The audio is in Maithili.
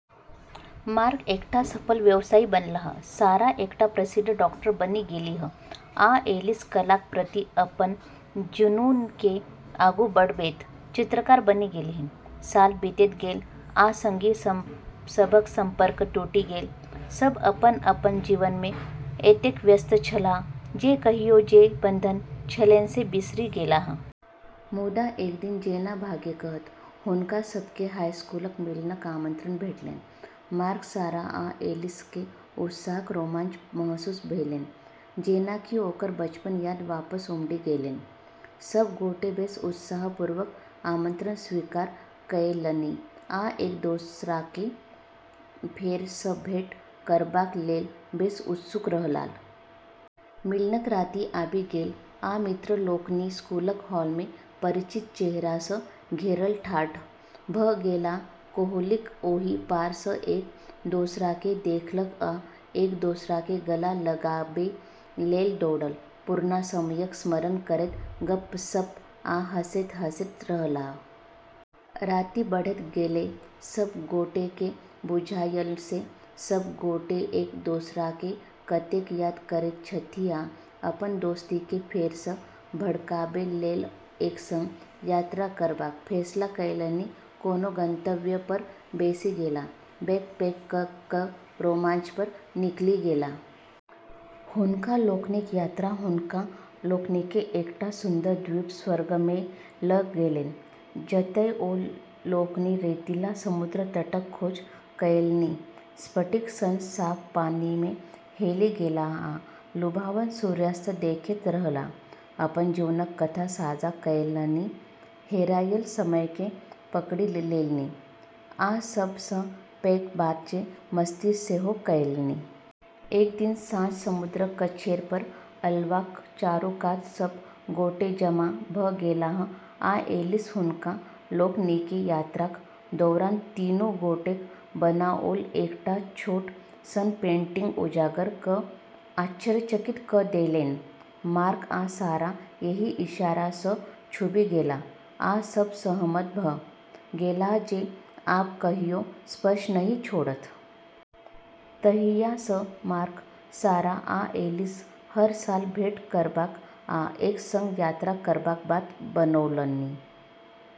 मार्क एकटा सफल व्यवसायी बनलाह, सारा एकटा प्रसिद्ध डॉक्टर बनि गेलीह, आ ऐलिस कलाक प्रति अपन जुनूनकेँ आगू बढ़बैत चित्रकार बनि गेलीह। साल बीतैत गेल, आ संगी सभक संपर्क टूटि गेल। सभ अपन-अपन जीवन मे एतेक व्यस्त छलाह जे कहियो जे बंधन छलैन से बिसरि गेलाह। मुदा एक दिन जेना भाग्य कहत, हुनका सभकेँ हाई स्कूलक मिलनक आमंत्रण भेटलैन। मार्क, सारा आ ऐलिसकेँ उत्साहक रोमांच महसूस भेलैन, जेना कि ओकर बचपनक याद वापस उमड़ि गेलैन। सभ गोटे बेस उत्सुकतापूर्वक आमंत्रण स्वीकार कएलनि आ एक दोसराकेँ फेर सँ भेंट करबाक लेल बेस उत्सुक रहलाह। मिलनक राति आबि गेल, आ मित्र लोकनि स्कूलक हॉल मे, परिचित चेहरा सँ घेरल ठाढ़ भऽ गेलाह। कोठलीक ओहि पार सँ एक दोसराकेँ देखलक आ एक दोसराकेँ गला लगाबै लेल दौड़ल। पुरना समयक स्मरण करैत गप्प-सप्प आ हँसैत-हँसैत रहलाह। राति बढ़ैत गेलै, सभ गोटेकेँ बुझायल जे सभ गोटे एक दोसराकेँ कतेक याद करैत छथि आ अपन दोस्तीकेँ फेर सँ भड़काबै लेल एक संग यात्रा करबाक फैसला कएलनि। कोनो गंतव्य पर बैसि गेलाह, बैग पैक कऽ कऽ रोमांच पर निकलि गेलाह। हुनका लोकनिक यात्रा हुनका लोकनिकेँ एकटा सुन्दर द्वीप स्वर्ग मे लऽ गेलैन, जतय ओ लोकनि रेतीला समुद्र तटक खोज कएलनि, स्फटिक सन साफ पानि मे हेलि गेलाह आ लुभावन सूर्यास्त देखैत रहलाह। अपन जीवनक कथा साझा कएलनि, हेरायल समयकेँ पकड़ि लेलनि, आ सभ सँ पैघ बात जे मस्ती सेहो कएलनि। एक दिन साँझ समुद्रक कछेर पर अलावक चारूकात सभ गोटे जमा भऽ गेलाह आ ऐलिस हुनका लोकनिकेँ यात्राक दौरान तीनू गोटेक बनाओल एकटा छोट सन पेंटिंग उजागर कऽ आश्चर्यचकित कऽ देलैन। मार्क आ सारा एहि इशारा सँ छूबि गेलाह, आ सभ सहमत भऽ गेलाह जे आब कहियो स्पर्श नहि छोड़त। तहिया सँ मार्क, सारा आ ऐलिस हर साल भेंट करबाक आ एक संग यात्रा करबाक बात बनौलनि।